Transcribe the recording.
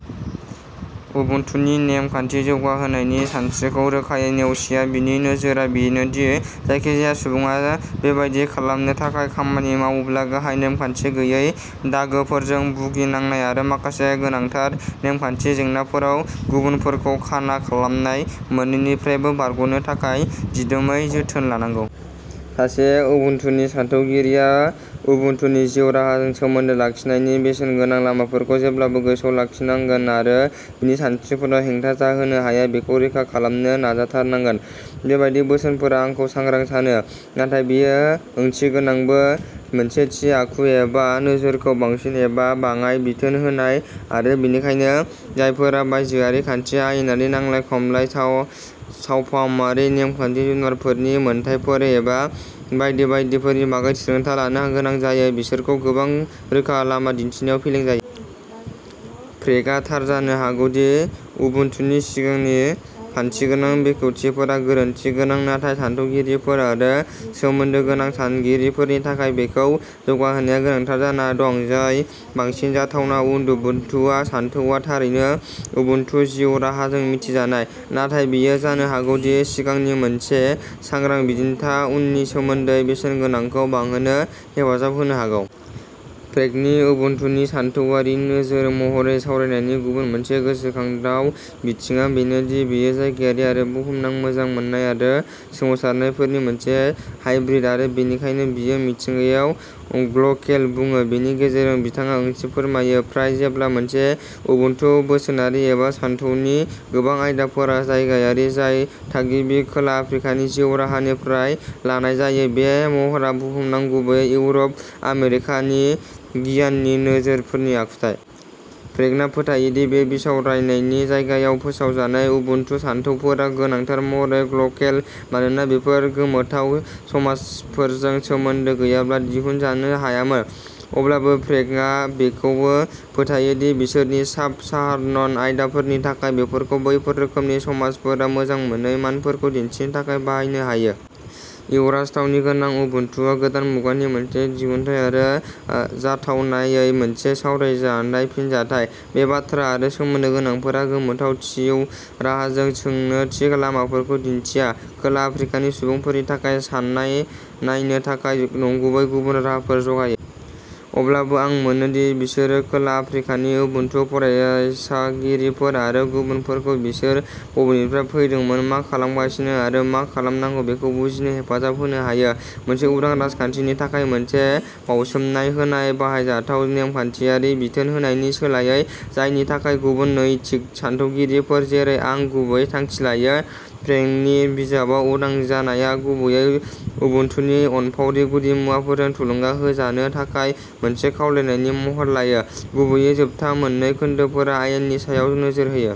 उबुन्टुनि नेम खान्थि जौगाहोनायनि सानस्रिखौ रोखायै नेवसिया। बिनि नोजोरआ बेनो दि जायखिजाया सुबुङा बेबादि खालामनो थाखाय खामानि मावोब्ला गाहाय नेमखान्थि गैयै दागोफोरजों भुगिनांनाय आरो माखासे गोनांथार नेमखान्थि जेंनाफोराव गुबुनफोरखौ खाना खालामनाय मोननैनिफ्रायबो बारग'नो थाखाय दिदोमै जोथोन लानांगौ। सासे उबुन्टुनि सानथौगिरिया उबुन्टुनि जिउ राहाजों सोमोन्दो लाखिनायनि बेसेनगोनां लामाफोरखौ जेब्लाबो गोसोआव लाखिनांगोन आरो बिनि सानस्रिफोरा हेंथा जाहोनो हाया बेखौ रोखा खालामनो नाजाथारनांगोन। बेबादि बोसोनफोरा आंखौ सांग्रां सानो। नाथाय बेयो ओंथिगोनांबो, मोनसे थि आखु एबा नोजोरखौ बांसिन एबा बाङाय बिथोन होनाय आरो बेनिखायनो जायफोरा बायजोआरि खान्थि, आयेनारि नांलाय खमलाय, सावफाहामारि नेमखान्थि, जुनारफोरनि मोनथायफोर एबा बायदि बायदिफोरनि बागै थिरांथा लानो गोनां जायो, बिसोरखौ गोबां रोखा लामा दिन्थिनायाव फेलें जायो। प्रेगआ थार जानो हागौ दि उबुन्टुनि सिगांनि खान्थिगोनां बेखेवथिफोरा गोरोन्थि गोनां, नाथाय सानथौगिरिफोर आरो सोमोन्दो गोनां सानगिरिफोरनि थाखाय बेखौ जौगाहोनाया गोनांथार जाना दं जाय बांसिन जाथावना। उबुन्टुआ सानथौआ थारैनो उबुन्टु जिउ-राहाजों मिथिजानाय, नाथाय बेयो जानो हागौ दि सिगांनि मोनसे सांग्रा बिदिन्थिआ उननि सोमोन्दै बेसेनगोनांखौ बांहोनो हेफाजाब होनो हागौ। प्रेगनि उबुन्टुनि सानथौआरि नोजोर महरै सावरायनायनि गुबुन मोनसे गोसोनांथाव बिथिंआ बेनो दि बेयो जायगायारि आरो बुहुमनां मोजां मोननाय आरो सोमावसारनायफोरनि मोनसे हाइब्रिद आरो बेनिखायनो बियो मिथिंगायाव "ग्ल'केल" बुङो। बेनि गेजेरजों बिथाङा ओंथि फोरमायो, फ्राय जेब्ला मोनसे उबुन्टु बोसोनारि एबा सानथौनि गोबां आयदाफोरा जायगायारि, जाय थागिबि खोला आफ्रिकानि जिउ-राहानिफ्राय लानाय जायो, बे महरआ बुहुमनां, गुबैयै इउर' आमेरिकान गियाननि नोजोरफोरनि आखुथाय। प्रेगआ फोथायो दि बे बिसावरायनायनि जागायनायाव फोसाव जानाय उबुन्टु सानथौफोरा गोनांथार महरै ग्ल'केल मानोना बेफोर गोमोथाव समाजफोरजों सोमोन्दो गैयाब्ला दिहुनजानो हायामोन। अब्लाबो प्रेगआ बेखौबो फोथायो दि, बिसोरनि साब-साहारान आयदाफोरनि थाखाय, बेफोरखौ बैफोर रोखोमनि समाजफोरा मोजां मोनै मानफोरखौ दिन्थिनो थाखाय बाहायनो हायो। "इउ" राजथावनि गोनां उबुन्टुआ गोदान मुगानि मोनसे दिहुनथाय आरो जाथावनायै मोनसे सावरायजाथाव फिनजाथाय। बे बाथ्रा आरो सोमोन्दो गोनांफोरा गोमोथाव जिउ राहाखौ सोंनो थि लामाफोरखौ दिन्थिया, खोला आफ्रिकानि सुबुंफोरनि थाखाय सानना नायनो थाखाय नंगुबै गुबुन राहाफोर जगायो। अब्लाबो, आं मोनो दि बिसोरो खोला आफ्रिकानि उबुन्टु फरायसंगिरिफोर आरो गुबुनफोरखौ बिसोर बबेनिफ्राय फैदोंमोन, मा खालामगासिनो आरो मा खालामनांगौ बेखौ बुजिनो हेफाजाब होनो हायो मोनसे उदां राजखान्थिनि थाखाय मोनसे बाउसोमनाय होनाय। बाहायजाथाव, नेमखान्थिारि बिथोन होनायनि सोलायै, जायनि थाखाय गुबुन नैतिक सानथौगिरिफोर, जेरै आं, गुबैयै थांखि लायो, प्रेगनि बिजाबाव उदां जानाया गुबैयै उबुन्टुनि अनफावरि गुदिमुवाफोरजों थुलुंगा होजानो थाखाय मोनसे खावलायनायनि महर लायो। गुबैयै, जोबथा मोन्नै खोन्दोफोरा आयेननि सायाव नोजोर होयो।